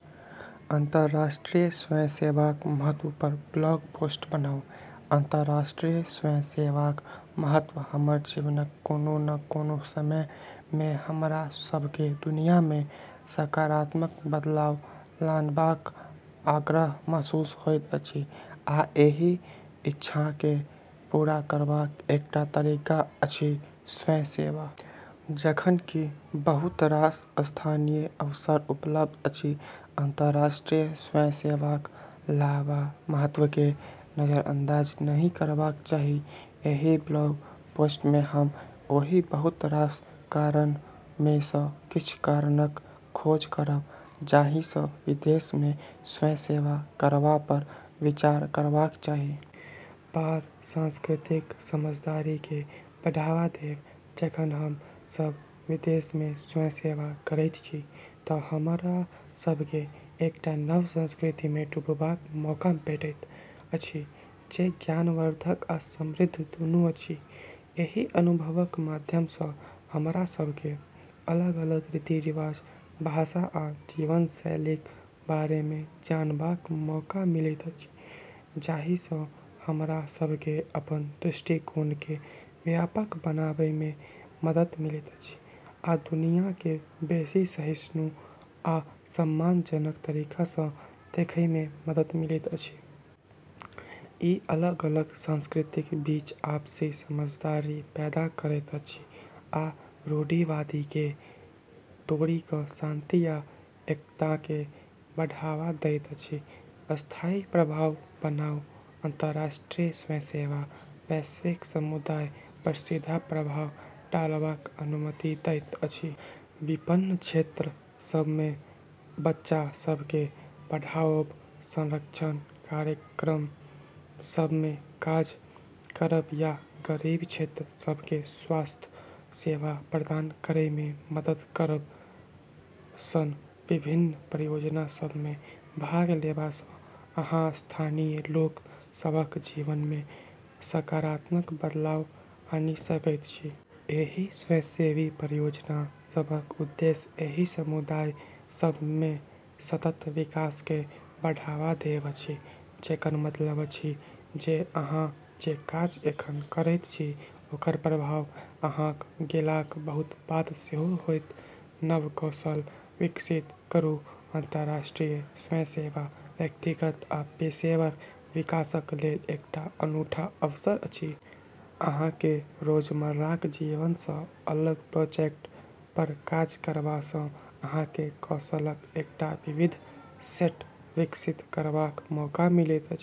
अंतर्राष्ट्रीय स्वयंसेवाक महत्व पर ब्लॉग पोस्ट बनाउ। अंतर्राष्ट्रीय स्वयंसेवाक महत्व हमर जीवनक कोनो न कोनो समय मे हमरा सभकेँ दुनिया मे सकारात्मक बदलाव लानबाक आग्रह महसूस होइत अछि, आ एहि इच्छाकेँ पूरा करबाक एकटा तरीका अछि स्वयंसेवा। जखन कि बहुत रास स्थानीय अवसर उपलब्ध अछि, अंतर्राष्ट्रीय स्वयंसेवाक लाभ आ महत्वकेँ नजरअंदाज नहि करबाक चाही। एहि ब्लॉग पोस्ट मे हम ओहि बहुत रास कारण मे सँ किछ कारणक खोज करब जाही सँ विदेश मे स्वयंसेवा करबा पर विचार करबाक चाही। पार-सांस्कृतिक समझदारीकेँ बढ़ावा देब जखन हम सभ विदेश मे स्वयंसेवा करैत छी तँ हमरा सभकेँ एकटा नव संस्कृति मे डूबबाक मौका भेटैत अछि, जे ज्ञानवर्धक आ समृद्ध दुनू अछि। एहि अनुभवक माध्यम सँ हमरा सभकेँ अलग-अलग रीति-रिवाज, भाषा आ जीवनशैलीक बारे मे जानबाक मौका मिलैत अछि, जाही सँ हमरा सभकेँ अपन दृष्टिकोणकेँ व्यापक बनाबै मे मदद मिलैत अछि आ दुनियाकेँ बेसी सहिष्णु आ सम्मानजनक तरीका सँ देखै मे मदद मिलैत अछि। ई अलग-अलग संस्कृतिक बीच आपसी समझदारी पैदा करैत अछि आ रूढ़िवादिताकेँ तोड़ि कऽ शांति आ एकताकेँ बढ़ावा दैत अछि। स्थायी प्रभाव बनाउ अंतर्राष्ट्रीय स्वयंसेवा वैश्विक समुदाय पर सीधा प्रभाव डालबाक अनुमति दैत अछि। विपन्न क्षेत्र सभ मे बच्चा सभकेँ पढ़ाओब, संरक्षण कार्यक्रम सभ मे काज करब या गरीब क्षेत्र सभकेँ स्वास्थ्य सेवा प्रदान करै मे मदद करब सन विभिन्न परियोजना सभ मे भाग लेबा सँ अहाँ स्थानीय लोक सभक जीवन मे सकारात्मक बदलाव आनि सकैत छी। एहि स्वयंसेवी परियोजना सभक उद्देश्य एहि समुदाय सभ मे सतत विकासकेँ बढ़ावा देब अछि, जेकर मतलब अछि जे अहाँ जे काज एखन करैत छी ओकर प्रभाव अहाँक गेलाक बहुत बाद सेहो होयत। नव कौशल विकसित करू अंतर्राष्ट्रीय स्वयंसेवा व्यक्तिगत आ पेशेवर विकासक लेल एकटा अनूठा अवसर अछि। अहाँकेँ रोजमर्राक जीवन सँ अलग प्रोजेक्ट पर काज करबा सँ अहाँकेँ कौशलक एकटा विविध सेट विकसित करबाक मौका मिलैत अछि।